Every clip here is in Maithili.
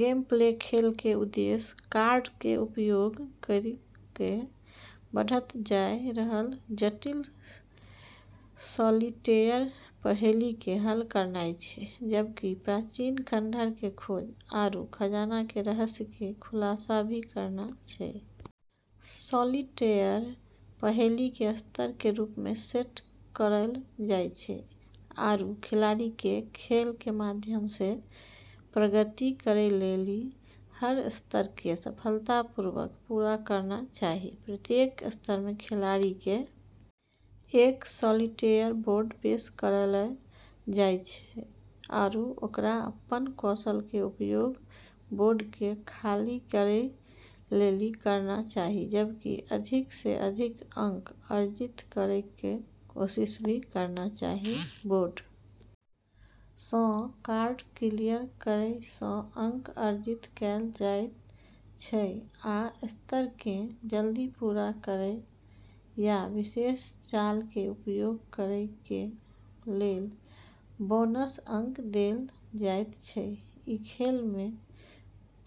गेमप्ले खेल के उद्देश्य कार्ड के उपयोग करी के बढ़त जाय रहलऽ जटिल सॉलिटेयर पहेली के हल करना छै, जबकि प्राचीन खंडहर के खोज आरू खजाना के रहस्य के खुलासा भी करना छै, सॉलिटेयर पहेली के स्तर के रूप मे सेट करलऽ जाय छै आरू खिलाड़ी के खेल के माध्यम से प्रगति करै लेली हर स्तर के सफलतापूर्वक पूरा करना चाहि, प्रत्येक स्तर मे खिलाड़ी के एक सॉलिटेयर बोर्ड पेश करलऽ जाय छै आरू ओकरा अपनऽ कौशल के उपयोग बोर्ड के खाली करै लेली करना चाहि जबकि अधिक से अधिक अंक अर्जित करै के कोशिश भी करना चाहि, बोर्ड सं कार्ड क्लियर करय सं अंक अर्जित कैल जायत छै आ स्तर कें जल्दी पूरा करय या विशेष चाल कें उपयोग करय कें लेल बोनस अंक देल जायत छै, ई खेल मे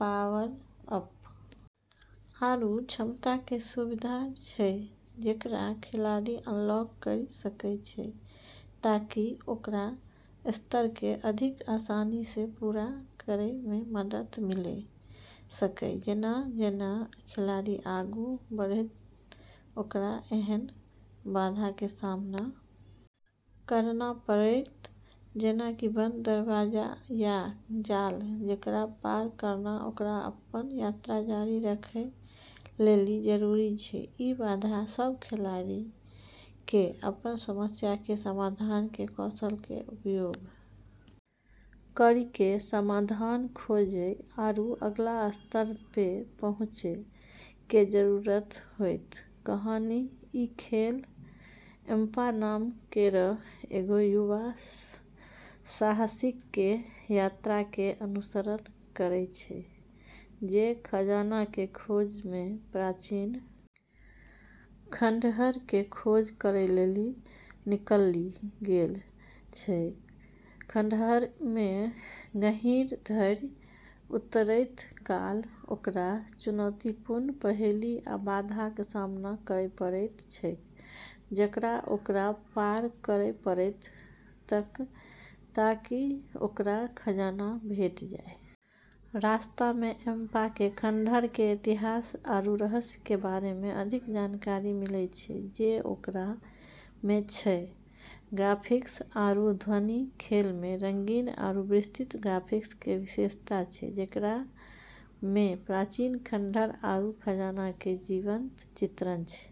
पावर-अप आरू क्षमता के सुविधा छै जेकरा खिलाड़ी अनलॉक करी सकै छै ताकि ओकरा स्तर के अधिक आसानी से पूरा करै मे मदद मिले सके जेना-जेना खिलाड़ी आगू बढ़तै ओकरा ऐन्हऽ बाधा के सामना करना पड़तै जेना कि बंद दरवाजा या जाल जेकरा पार करना ओकरा अपनऽ यात्रा जारी रखै लेली जरूरी छै, ई बाधा सब के खिलाड़ी के अपनऽ समस्या के समाधान के कौशल के उपयोग करी के समाधान खोजै आरू अगला स्तर पे पहुँचै के जरूरत होतै, कहानी ई खेल एम्मा नाम केरऽ एगो युवा साहसिक के यात्रा के अनुसरण करै छै जे खजाना के खोज मे प्राचीन खंडहर के खोज करै लेली निकली गेलऽ छै, खंडहर मे गहींर धरि उतरैत काल ओकरा चुनौतीपूर्ण पहेली आ बाधाक सामना करय पड़ैत छैक जकरा ओकरा पार करय पड़तैक ताकि ओकरा खजाना भेटि जाय, रास्ता में एम्मा के खंडहर के इतिहास आरू रहस्य के बारे में अधिक जानकारी मिलै छै जे ओकरा में छै, ग्राफिक्स आरू ध्वनि खेल मे रंगीन आरू विस्तृत ग्राफिक्स के विशेषता छै जेकरा मे प्राचीन खंडहर आरू खजाना के जीवंत चित्रण छै।